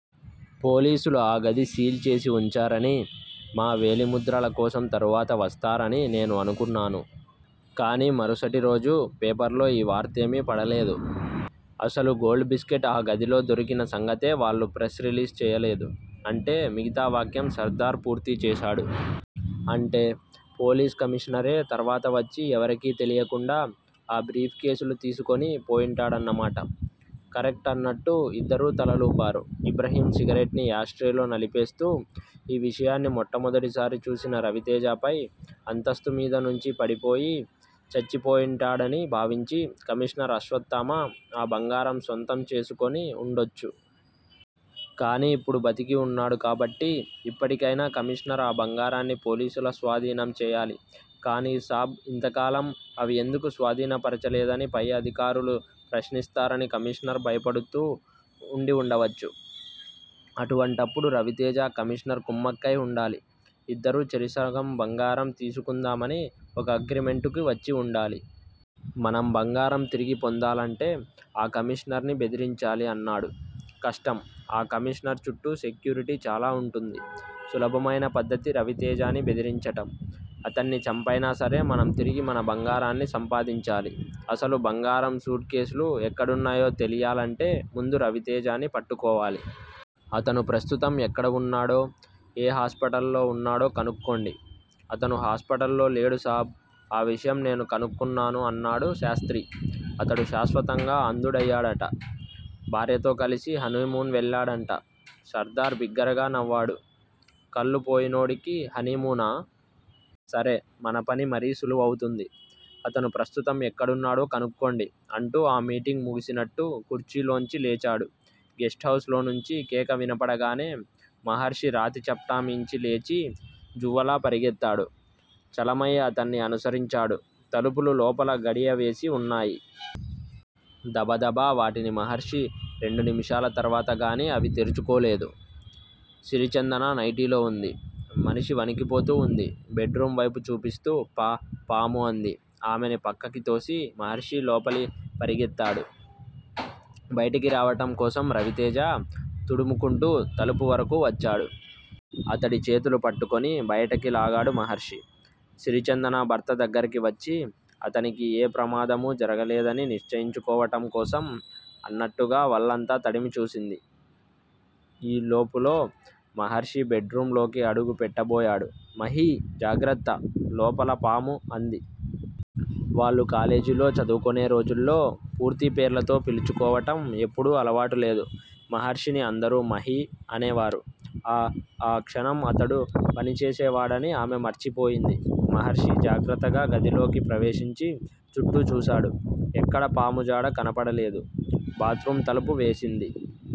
పోలీసులు ఆ గది సీల్ చేసి ఉంచారని, మా వేలిముద్రల కోసం తరువాత వస్తారని నేను అనుకున్నాను. కానీ మరుసటిరోజు పేపర్లో ఈ వార్తేమీ పడలేదు. అసలు గోల్డ్ బిస్కట్స్ ఆ గదిలో దొరికిన సంగతే వాళ్ళు ప్రెస్ రిలీజ్ చేయలేదు. అంటే మిగతా వాక్యం సర్దార్ పూర్తి చేశాడు. అంటే పోలీస్ కమీషనరే తర్వాత వచ్చి ఎవరికీ తెలియకుండా ఆ బ్రీఫ్ కేసులు తీసుకొని పోయుంటాడన్నమాట. కరెక్ట్ అన్నట్టు ఇద్దరూ తలలూపారు. ఇబ్రహీం సిగరెట్ ని యాష్ ట్రే లో నలిపేస్తూ ఈ విషయాన్ని మొట్టమొదటసారి చూసిన 'రవితేజ' పై అంతస్థుమీద నుంచి పడిపోయి చచ్చిపొయింటాడని భావించి కమీషనర్ అశ్వత్థామ ఆ బంగారం సొంతం చేసుకొని ఉండొచ్చు. కానీ ఇప్పుడు బతికి ఉన్నాడు కాబట్టి, ఇప్పటికైనా కమీషనర్ ఆ బంగారాన్ని పోలీసుల స్వాధీనం చేయాలి. కానీ సాబ్ ఇంతకాలం అవి ఎందుకు స్వాధీనపరచలేదని పై అధికారులు ప్రశ్నిస్తారని కమీషనర్ భయపడుతూ ఉండి ఉండవచ్చు! అటువంటప్పుడు రవితేజ, కమీషనర్ కుమ్మక్కై ఉండాలి. ఇద్దరూ చెరిసగం బంగారం తీసుకుందామని ఒక అగ్రిమెంటుకి వచ్చి ఉండాలి. మనం బంగారం తిరిగి పొందాలంటే ఆ కమీషనర్ ని బెదిరించాలి అన్నాడు. కష్టం. ఆ కమీషనర్ చుట్టూ సెక్యూరిటీ చాలా వుంటుంది. సులభమైన పద్ధతి రవితేజని బెదిరించటం. అతన్ని చంపైనా సరే మనం తిరిగి మన బంగారాన్ని సంపాదించాలి. అసలా బంగారం సూట్ కేస్ లు ఎక్కడున్నాయో తెలియాలంటే ముందు రవితేజని పట్టుకోవాలి. అతను ప్రస్తుతం ఎక్కడ వున్నాడో, ఏ హాస్పిటల్ లో ఉన్నాడో కనుక్కోండి. అతను హాస్పిటల్ లో లేడు సాబ్! ఆ విషయం నేను కనుక్కున్నాను అన్నాడు శాస్త్రి. అతడు శ్వాశతంగా అంధుడయ్యాడట. భార్యతో కలిసి హనీమూన్ వెళ్ళడంట. సర్దార్ బిగ్గరగా నవ్వాడు. కళ్ళు పోయినోడికి హనీమూనా? సరే- మన పని మరీ సులువవుతుంది. అతను ప్రస్తుతం ఎక్కడున్నాడో కనుక్కోండి అంటూ ఆ మీటింగ్ ముగిసినట్టు కుర్చీలోంచి లేచాడు. గెస్టు హౌస్ లో నుంచి కేక వినపడగానే, మహర్షి రాతిచప్టామీంచి లేచి జువ్వలా పరిగెత్తాడు. చలమయ్య అతన్ని అనుసరించాడు. తలుపులు లోపల గడియవేసి వున్నాయి. దబదబా వాటిని మహర్షి, రెండు నిమిషాల తర్వాత గానీ అవి తెరుచుకోలేదు. సిరిచందన నైటీలో వుంది. మనిషి వణికిపోతూ ఉంది. బెడ్ రూం వైపు చూపిస్తూ పా పాము అంది. ఆమెని పక్కకితోసి మహర్షి లోపలి పరిగెత్తాడు. బైటకి రావటం కోసం రవితేజ. తడుముకుంటూ తలుపు వరకూ వచ్చాడు. అతడి చేతులు పట్టుకుని బయటికి లాగాడు మహర్షి. సిరిచందన భర్త దగ్గరికి వచ్చి అతనికి ఏ ప్రమాదమూ జరగలేదని నిశ్చయించుకోవటం కోసం అన్నట్టుగా వళ్ళంతా తడిమి చూసింది. ఈ లోపులో మహర్షి బెడ్ రూం లోకి అడుగు పెట్టబోయాడు. మహీ, జాగ్రత్త! లోపల పాము అంది. వాళ్ళు కాలేజీలో చదువుకొనే రోజుల్లో పూర్తి పేర్లతో పిలుచుకోవటం ఎప్పుడూ అలవాటు లేదు. మహర్షిని అందరూ 'మహీ' అనేవారు. ఆ ఆ క్షణం అతడు పనిచేసేవాడని ఆమె మర్చిపోయింది. మహర్షి జాగ్రత్తగా గదిలోకి ప్రవేశించి చుట్టూ చూశాడు. ఎక్కడా పాముజాడ కనపడలేదు. బాత్ రూం తలుపు వేసింది.